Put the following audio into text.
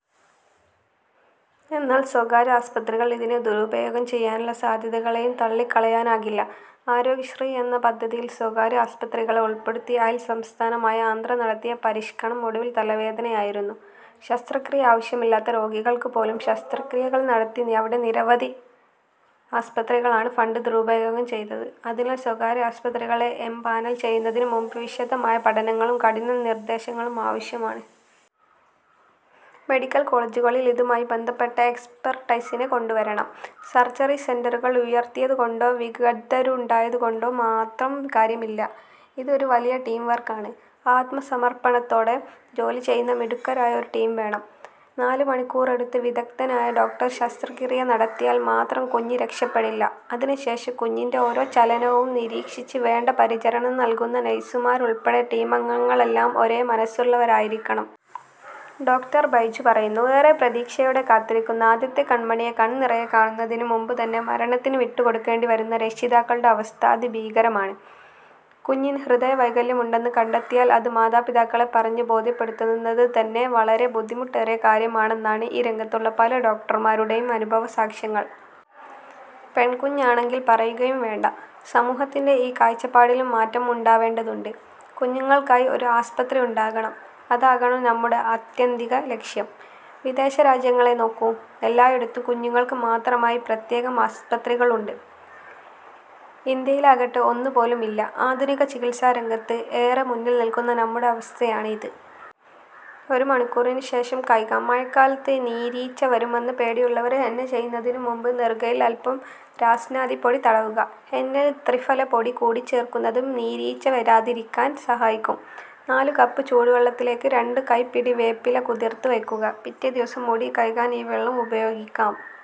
എന്നാല് സ്വകാര്യ ആസ്പത്രികള് ഇതിനെ ദുരുപയോഗം ചെയ്യാനുള്ള സാധ്യതകളെയും തള്ളിക്കളയാനാകില്ല. ആരോഗ്യശ്രീ എന്ന പദ്ധതിയില് സ്വകാര്യ ആസ്പത്രികളെ ഉള്പ്പെടുത്തി അയല്സംസ്ഥാനമായ ആന്ധ്ര നടത്തിയ പരിഷ്ക്കണം ഒടുവില് തലവേദനയായിരുന്നു. ശസ്ത്രക്രിയ ആവശ്യമില്ലാത്ത രോഗികള്ക്ക് പോലും ശസ്ത്രക്രിയകള് നടത്തി അവിടെ നിരവധി ആസ്പത്രികളാണ് ഫണ്ട് ദുരുപയോഗം ചെയ്തത്. അതിനാല് സ്വകാര്യ ആസ്പത്രികളെ എംപാനല് ചെയ്യുന്നതിന് മുമ്പ് വിശദമായ പഠനങ്ങളും കഠിന നിര്ദേശങ്ങളും ആവശ്യമാണ്. 'മെഡിക്കല് കോളേജുകളില് ഇതുമായി ബന്ധപ്പെട്ട എക്സ്പെര്ട്ടൈസിനെ കൊണ്ടുവരണം. സര്ജറി സെന്ററുകള് ഉയര്ത്തിയതുകൊണ്ടോ വിഗദ്ധരുണ്ടായതുകൊണ്ടോ മാത്രം കാര്യമില്ല. ഇത് ഒരു വലിയ ടീം വര്ക്കാണ്. ആത്മസമര്പ്പണത്തോടെ ജോലി ചെയ്യുന്ന മിടുക്കരായ ഒരു ടീം വേണം. നാലുമണിക്കൂറെടുത്ത് വിദഗ്ധനായ ഡോക്ടര് ശസ്ത്രക്രിയ നടത്തിയാല് മാത്രം കുഞ്ഞ് രക്ഷപ്പെടില്ല. അതിനുശേഷം കുഞ്ഞിന്റെ ഓരോ ചലനവും നിരീക്ഷിച്ച് വേണ്ട പരിചരണം നല്കുന്ന നഴ്സുമാരുള്പ്പടെ ടീമംഗങ്ങളെല്ലാം ഒരേ മനസ്സുള്ളവരായിരിക്കണം. ' ഡോ. ബൈജു പറയുന്നു. ഏറെ പ്രതീക്ഷയോടെ കാത്തിരിക്കുന്ന ആദ്യത്തെ കണ്മണിയെ കണ്നിറയെ കാണുന്നതിന് മുമ്പുതന്നെ മരണത്തിന് വിട്ടുകൊടുക്കേണ്ടി വരുന്ന രക്ഷിതാക്കളുടെ അവസ്ഥ അതിഭീകരമാണ്. കുഞ്ഞിന് ഹൃദയവൈകല്യമുണ്ടെന്ന് കണ്ടെത്തിയാല് അത് മാതാപിതാക്കളെ പറഞ്ഞു ബോധ്യപ്പെടുത്തുന്നത് തന്നെ വളരെ ബുദ്ധിമുട്ടേറിയ കാര്യമാണെന്നാണ് ഈ രംഗത്തുള്ള പല ഡോക്ടര്മാരുടെയും അനുഭവസാക്ഷ്യങ്ങള്. പെണ്കുഞ്ഞാണെങ്കില് പറയുകയും വേണ്ട. സമൂഹത്തിന്റെ ഈ കാഴ്ചപ്പാടിലും മാറ്റം ഉണ്ടാവേണ്ടതുണ്ട്. 'കുഞ്ഞുങ്ങള്ക്കായി ഒരു ആസ്പത്രി ഉണ്ടാകണം. അതാകണം നമ്മുടെ ആത്യന്തിക ലക്ഷ്യം. വിദേശരാജ്യങ്ങളെ നോക്കൂ. എല്ലായിടത്തും കുഞ്ഞുങ്ങള്ക്ക് മാത്രമായി പ്രത്യേകം ആസ്പത്രികളുണ്ട്. ഇന്ത്യയിലാകട്ടെ ഒന്നുപോലും ഇല്ല. ആധുനിക ചികിത്സാരംഗത്ത് ഏറെ മുന്നില് നില്ക്കുന്ന നമ്മുടെ അവസ്ഥയാണ് ഇത്. ഒരു മണിക്കൂറിനുശേഷം കഴുകാം. മഴക്കാലത്ത് നീര്വീഴ്ച വരുമെന്ന പേടിയുള്ളവര് ഹെന്ന ചെയ്യുന്നതിനു മുമ്പ് നെറുകയില് അല്പം രാസ്നാദിപ്പൊടി തടവുക. ഹെന്നയില് ത്രിഫലപ്പൊടി കൂടി ചേര്ക്കുന്നതും നീര്വീഴ്ച വരാതിരിക്കാന് സഹായിക്കും. നാലു കപ്പ് ചൂടുവെള്ളത്തിലേക്ക് രണ്ടു കൈപ്പിടി വേപ്പില കുതിര്ത്തു വയ്ക്കുക. പിറ്റേ ദിവസം മുടി കഴുകാന് ഈ വെള്ളം ഉപയോഗിക്കാം.